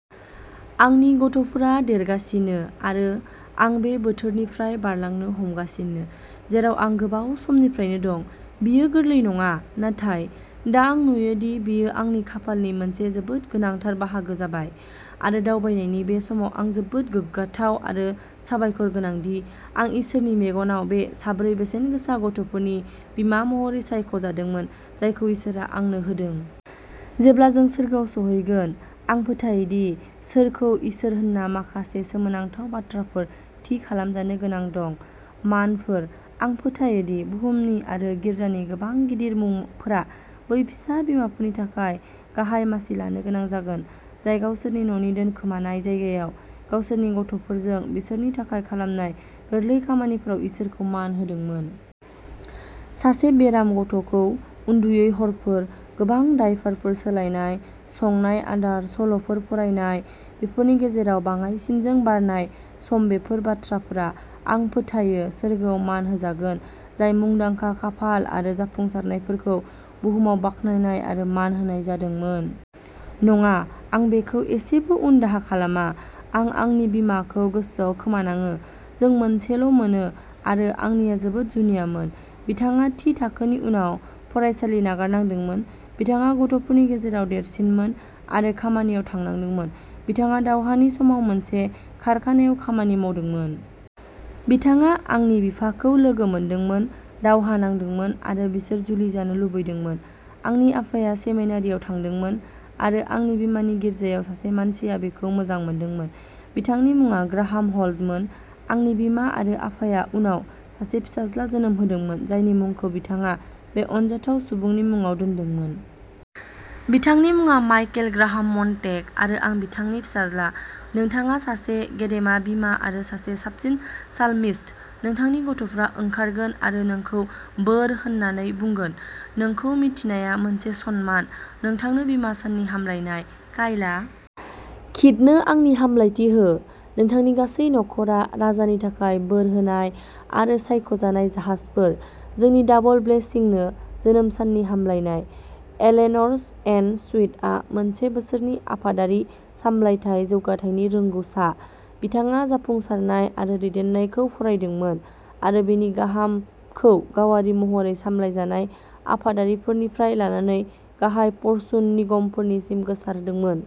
आंनि गथ'फोरा देरगासिनो आरो आं बे बोथोरनिफ्राय बारलांनो हमगासिनो, जेराव आं गोबाव समनिफ्रायनो दं। बेयो गोरलै नङा। नाथाय दा आं नुयो दि बेयो आंनि खाफालानि मोनसे जोबोद गोनांथार बाहागो जाबाय। आरो दावबायनायनि बे समाव, आं जोबोद गोग्गाथाव आरो साबायखरगोनां दि आं इसोरनि मेगनआव बे मोनब्रै बेसेनगोसा गथ'फोरनि बिमा महरै सायख'जादोंमोन, जायखौ इसोरआ आंनो होदों। जेब्ला जों सोरगोआव सौहैगोन, आं फोथायो दि सोरखौ इसोर होनना माखासे सोमोनांथाव बाथ्राफोर थि खालामजानो गोनां दं। मानफोर। आं फोथायो दि बुहुमनि आरो गिर्जानि गोबां गिदिर मुंफोरा बै फिसा बिमाफोरनि थाखाय गाहाय मासि लानो गोनां जागोन, जाय गावसोरनि न'नि दोनखोमानाय जायगायाव, गावसोरनि गथ'फोरजों, बिसोरनि थाखाय खालामनाय गोरलै खामानिफोराव इसोरखौ मान होदोंमोन। सासे बेराम गथ'खौ उन्दुयै हरफोर, गोबां डायपारफोर सोलायनाय, संनाय आदार, सल'फोर फरायनाय, बेफोरनि गेजेराव बाङाइसिनजों बारनाय समबेफोर बाथ्राफोरा, आं फोथायो, सोरगोआव मान होजागोन, जाय मुंदांखा, खाफाल आरो जाफुंसारनायफोरखौ बुहुमाव बाख्नायनाय आरो मान होनाय जादोंमोन। नङा। आं बेखौ एसेबो उनदाहा खालामा। आं आंनि बिमाखौ गोसोआव खोमानाङो! जों मोनसेल'मोनो, आरो आंनिआ जोबोद जुनियामोन। बिथाङा थि थाखोनि उनाव फरायसालि नागारनांदोंमोन, बिथाङा गथ'फोरनि गेजेराव देरसिनमोन आरो खामानियाव थांनांदोंमोन। बिथाङा दावहानि समाव मोनसे कारखानायाव खामानि मावदोंमोन। बिथाङा आंनि बिफाखौ लोगो मोनदोंमोन। दावहा नांदोंमोन आरो बिसोर जुलि जानो लुबैदोंमोन। आंनि आफाया सेमिनारिआव थांदोंमोन, आरो आंनि बिमानि गिर्जायाव सासे मानसिया बिखौ मोजां मोनदोंमोन। बिथांनि मुङा ग्राहाम हल्टमोन। आंनि बिमा आरो आफाया उनाव सासे फिसाज्ला जोनोम होदोंमोन, जायनि मुंखौ बिथाङा बे अनजाथाव सुबुंनि मुङाव दोनदोंमोन। बिथांनि मुङा माइकेल ग्राहाम मन्टेग आरो आं बिथांनि फिसाज्ला। नोंथाङा सासे गेदेमा बिमा आरो सासे साबसिन साल्मिस्ट। नोंथांनि गथ'फोरा ओंखारगोन आरो नोंखौ बोर होन्नाय बुंगोन! नोंखौ मिथिनाया मोनसे सनमान! नोंथांनो बिमा साननि हामलायनाय काइला! किथनो आंनि हामलायथि हो! नोंथांनि गासै नख'रा राजानि थाखाय बोर होनाय आरो सायख'जानाय जाहाजफोर! जोंनि डाबल ब्लेसिंनो जोनोम साननि हामलायनाय! एलेन'र एन स्वीटआ मोनसे बोसोरनि आफादारि सामलायथाय जौगाथायनि रोंग'सा। बिथाङा जाफुंसारनाय आरो दैदेननायखौ फरायदोंमोन आरो बेनि गोहोमखौ गावारि महरै सामलायजानाय आफादफोरनिफ्राय लानानै गाहाय फर्चुन निगमफोरसिम गोसारदोंमोन।